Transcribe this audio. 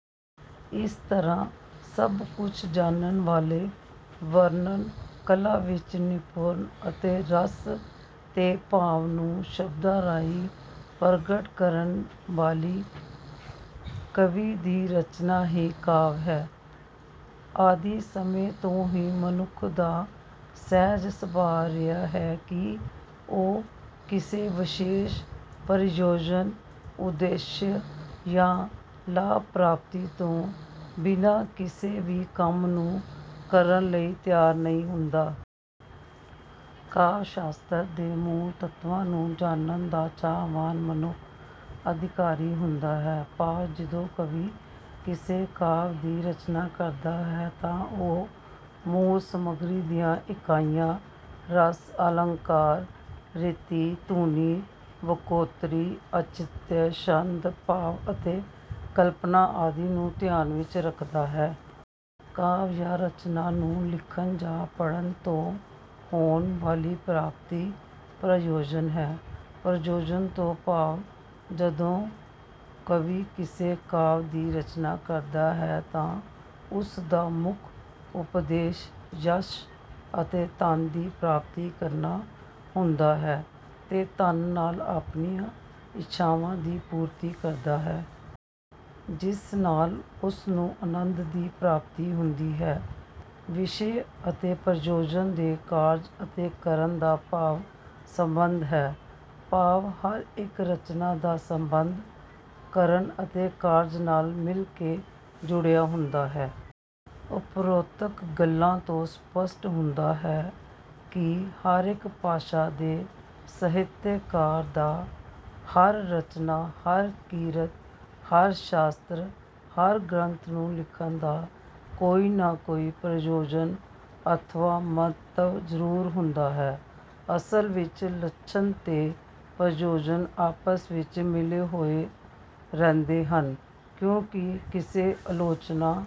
ਇਸ ਤਰ੍ਹਾਂ ਸਭ ਕੁੱਝ ਜਾਣਨ ਵਾਲੇ, ਵਰਣਨ ਕਲਾ ਵਿੱਚ ਨਿਪੁਣ ਅਤੇ ਰਸ ਤੇ ਭਾਵ ਨੂੰ ਸ਼ਬਦਾਂ ਰਾਹੀਂ ਪ੍ਰਗਟ ਕਰਨ ਵਾਲੀ ਕਵੀ ਦੀ ਰਚਨਾ ਹੀ 'ਕਾਵਿ' ਹੈ। ਆਦਿ ਸਮੇਂ ਤੋਂ ਹੀ ਮਨੁੱਖ ਦਾ ਸਹਿਜ ਸੁਭਾਅ ਰਿਹਾ ਹੈ ਕਿ ਉਹ ਕਿਸੇ ਵਿਸ਼ੇਸ਼, ਪ੍ਰਯੋਜਨ, ਉਦੇਸ਼ ਯਾਂ ਲਾਭ ਪ੍ਰਾਪਤੀ ਤੋਂ ਬਿਨ੍ਹਾਂ ਕਿਸੇ ਵੀ ਕੰਮ ਨੂੰ ਕਰਨ ਲਈ ਤਿਆਰ ਨਹੀਂ ਹੁੰਦਾ। ਕਾਵਿ ਸ਼ਾਸਤਰ ਦੇ ਮੂਲ ਤੱਤਾਂ ਨੂੰ ਜਾਣਨ ਦਾ ਚਾਹਵਾਨ ਮਨੁੱਖ 'ਅਧਿਕਾਰੀ' ਹੁੰਦਾ ਹੈ। ਭਾਵ ਜਦੋਂ ਕਵੀ ਕਿਸੇ ਕਾਵਿ ਦੀ ਰਚਨਾ ਕਰਦਾ ਹੈ, ਤਾਂ ਉਹ ਮੂਲ ਸਮੱਗਰੀ ਦੀਆਂ ਇਕਾਈਆਂ, ਰਸ, ਅਲੰਕਾਰ, ਰੀਤੀ, ਧੁਨੀ, ਵਕ੍ਰੋਕਤੀ, ਔਚਿਤਯ, ਛੰਦ, ਭਾਵ ਅਤੇ ਕਲਪਨਾ ਆਦਿ ਨੂੰ ਧਿਆਨ ਵਿੱਚ ਰੱਖਦਾ ਹੈ। ਕਾਵਿ ਜਾਂ ਰਚਨਾ ਨੂੰ ਲਿਖਣ ਜਾਂ ਪੜ੍ਹਨ ਤੋਂ ਹੋਣ ਵਾਲੀ ਪ੍ਰਾਪਤੀ ਪ੍ਰਯੋਜਨ ਹੈ। ਪ੍ਰਯੋਜਨ ਤੋਂ ਭਾਵ ਜਦੋਂ ਕਵੀ ਕਿਸੇ ਕਾਵਿ ਦੀ ਰਚਨਾ ਕਰਦਾ ਹੈ, ਤਾਂ ਉਸਦਾ ਮੁੱਖ ਉਦੇਸ਼ ਜਸ ਅਤੇ ਧਨ ਦੀ ਪ੍ਰਾਪਤੀ ਕਰਨਾ ਹੁੰਦਾ ਹੈ, ਤੇ ਧਨ ਨਾਲ ਆਪਣੀਆਂ ਇੱਛਾਵਾਂ ਦੀ ਪੂਰਤੀ ਕਰਦਾ ਹੈ। ਜਿਸ ਨਾਲ ਉਸਨੂੰ ਆਨੰਦ ਦੀ ਪ੍ਰਾਪਤੀ ਹੁੰਦੀ ਹੈ। ਵਿਸ਼ੇ ਅਤੇ ਪ੍ਰਯੋਜਨ ਦੇ ਕਾਰਜ ਅਤੇ ਕਾਰਨ ਦਾ ਭਾਵ ਸੰਬੰਧ ਹੈ। ਭਾਵ ਹਰ ਇੱਕ ਰਚਨਾ ਦਾ ਸੰਬੰਧ ਕਾਰਨ ਅਤੇ ਕਾਰਜ ਨਾਲ ਮਿਲ ਕੇ ਜੁੜਿਆ ਹੁੰਦਾ ਹੈ। ਉਪਰੋਕਤ ਗੱਲਾਂ ਤੋਂ ਸਪੱਸ਼ਟ ਹੁੰਦਾ ਹੈ ਕਿ ਹਰੇਕ ਭਾਸ਼ਾ ਦੇ ਸਾਹਿਤਕਾਰ ਦਾ ਹਰ ਰਚਨਾ, ਹਰ ਕਿਰਤ, ਹਰ ਸ਼ਾਸਤਰ, ਹਰ ਗ੍ਰੰਥ ਨੂੰ ਲਿਖਣ ਦਾ ਕੋਈ ਨਾ ਕੋਈ ਪ੍ਰਯੋਜਨ ਅਥਵਾ ਮੰਤਵ ਜ਼ਰੂਰ ਹੁੰਦਾ ਹੈ। ਅਸਲ ਵਿੱਚ ਲੱਛਣ ਤੇ ਪ੍ਰਯੋਜਨ ਆਪਸ ਵਿੱਚ ਮਿਲੇ ਹੋਏ ਰਹਿੰਦੇ ਹਨ। ਕਿਉਂਕਿ ਕਿਸੇ ਆਲੋਚਨਾ